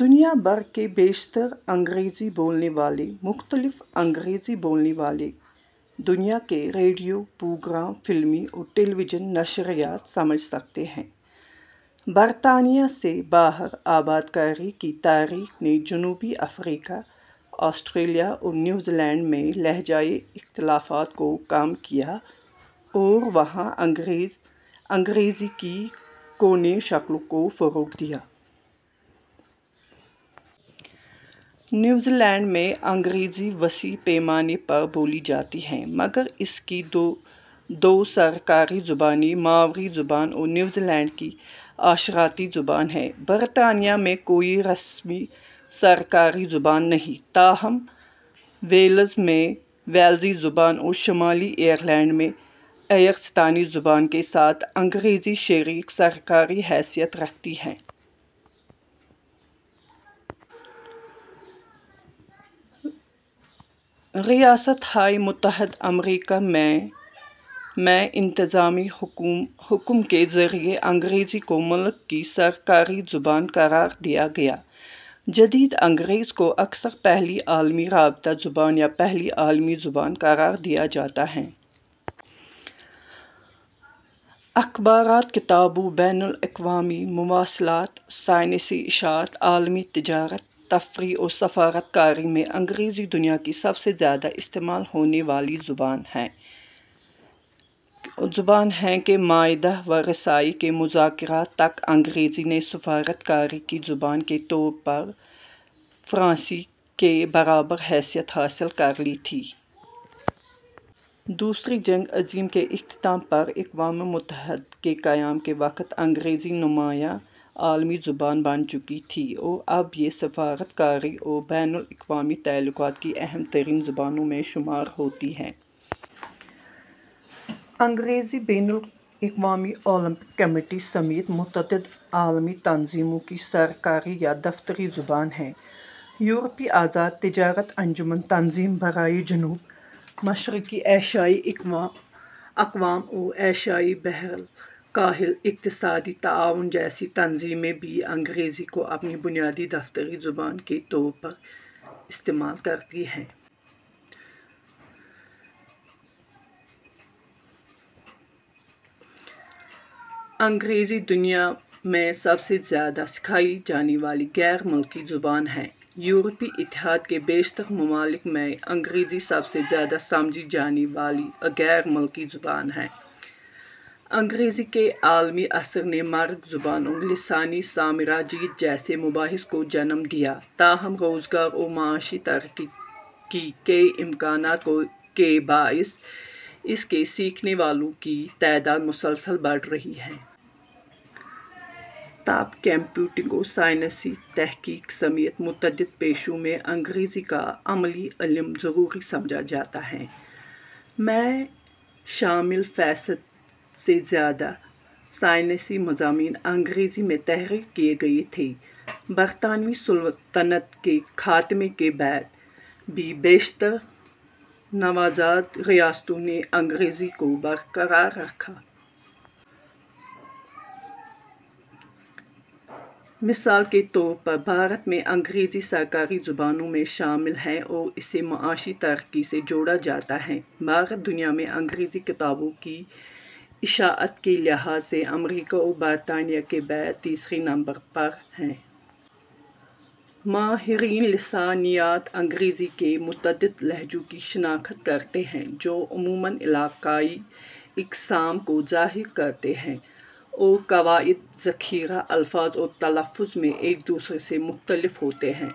دنیا بھر کے بیشتر انگریزی بولنے والے مختلف انگریزی بولنے والی دنیا کے ریڈیو پروگرام، فلمیں اور ٹیلی وژن نشریات سمجھ سکتے ہیں۔ برطانیہ سے باہر آبادکاری کی تاریخ نے جنوبی افریقا ، آسٹریلیا اور نیوزی لینڈ میں لہجائی اختلافات کو کم کیا اور وہاں انگریزی کی کوئنے شکلوں کو فروغ دیا۔ نیوزی لینڈ میں انگریزی وسیع پیمانے پر بولی جاتی ہے، مگر اس کی دو سرکاری زبانیں ماؤری زبان اور نیوزی لینڈ کی اشارتی زبان ہیں۔ برطانیہ میں کوئی رسمی سرکاری زبان نہیں، تاہم ویلز میں ویلزی زبان اور شمالی آئرلینڈ میں آئیرستانی زبان کے ساتھ انگریزی شریک سرکاری حیثیت رکھتی ہے۔ ریاست ہائے متحدہ امریکہ میں ء میں انتظامی حکم کے ذریعے انگریزی کو ملک کی سرکاری زبان قرار دیا گیا۔ جدید انگریزی کو اکثر پہلی عالمی رابطہ زبان یا پہلی عالمی زبان قرار دیا جاتا ہے۔ اخبارات، کتابوں، بین الاقوامی مواصلات، سائنسی اشاعت، عالمی تجارت، تفریح اور سفارت کاری میں انگریزی دنیا کی سب سے زیادہ استعمال ہونے والی زبان ہے۔ ء کے معاہدۂ ورسائے کے مذاکرات تک انگریزی نے سفارت کاری کی زبان کے طور پر فرانسیسی کے برابر حیثیت حاصل کر لی تھی۔ دوسری جنگ عظیم کے اختتام پر اقوام متحدہ کے قیام کے وقت انگریزی نمایاں عالمی زبان بن چکی تھی اور اب یہ سفارت کاری اور بین الاقوامی تعلقات کی اہم ترین زبانوں میں شمار ہوتی ہے۔ انگریزی بین الاقوامی اولمپک کمیٹی سمیت متعدد عالمی تنظیموں کی سرکاری یا دفتری زبان ہے۔ یورپی آزاد تجارت انجمن ، تنظیم برائے جنوب مشرقی ایشیائی اقوام اور ایشیا بحرالکاہل اقتصادی تعاون جیسی تنظیمیں بھی انگریزی کو اپنی بنیادی دفتری زبان کے طور پر استعمال کرتی ہیں۔ انگریزی دنیا میں سب سے زیادہ سکھائی جانے والی غیر ملکی زبان ہے۔ یورپی اتحاد کے بیشتر ممالک میں انگریزی سب سے زیادہ سمجھی جانے والی غیر ملکی زبان ہے۔ انگریزی کے عالمی اثر نے مرگ زبان اور لسانی سامراجیت جیسے مباحث کو جنم دیا، تاہم روزگار اور معاشی ترقی کے امکانات کے باعث اس کے سیکھنے والوں کی تعداد مسلسل بڑھ رہی ہے۔ طب، کمپیوٹنگ اور سائنسی تحقیق سمیت متعدد پیشوں میں انگریزی کا عملی علم ضروری سمجھا جاتا ہے۔ ء میں میں شامل فیصد سے زیادہ سائنسی مضامین انگریزی میں تحریر کیے گئے تھے۔ برطانوی سلطنت کے خاتمے کے بعد بھی بیشتر نوآزاد ریاستوں نے انگریزی کو برقرار رکھا۔ مثال کے طور پر بھارت میں انگریزی سرکاری زبانوں میں شامل ہے اور اسے معاشی ترقی سے جوڑا جاتا ہے۔ بھارت دنیا میں انگریزی کتابوں کی اشاعت کے لحاظ سے امریکا اور برطانیہ کے بعد تیسرے نمبر پر ہے۔ ۔ ماہرینِ لسانیات انگریزی کے متعدد لہجوں کی شناخت کرتے ہیں، جو عموماً علاقائی اقسام کو ظاہر کرتے ہیں اور قواعد، ذخیرہ الفاظ اور تلفظ میں ایک دوسرے سے مختلف ہوتے ہیں۔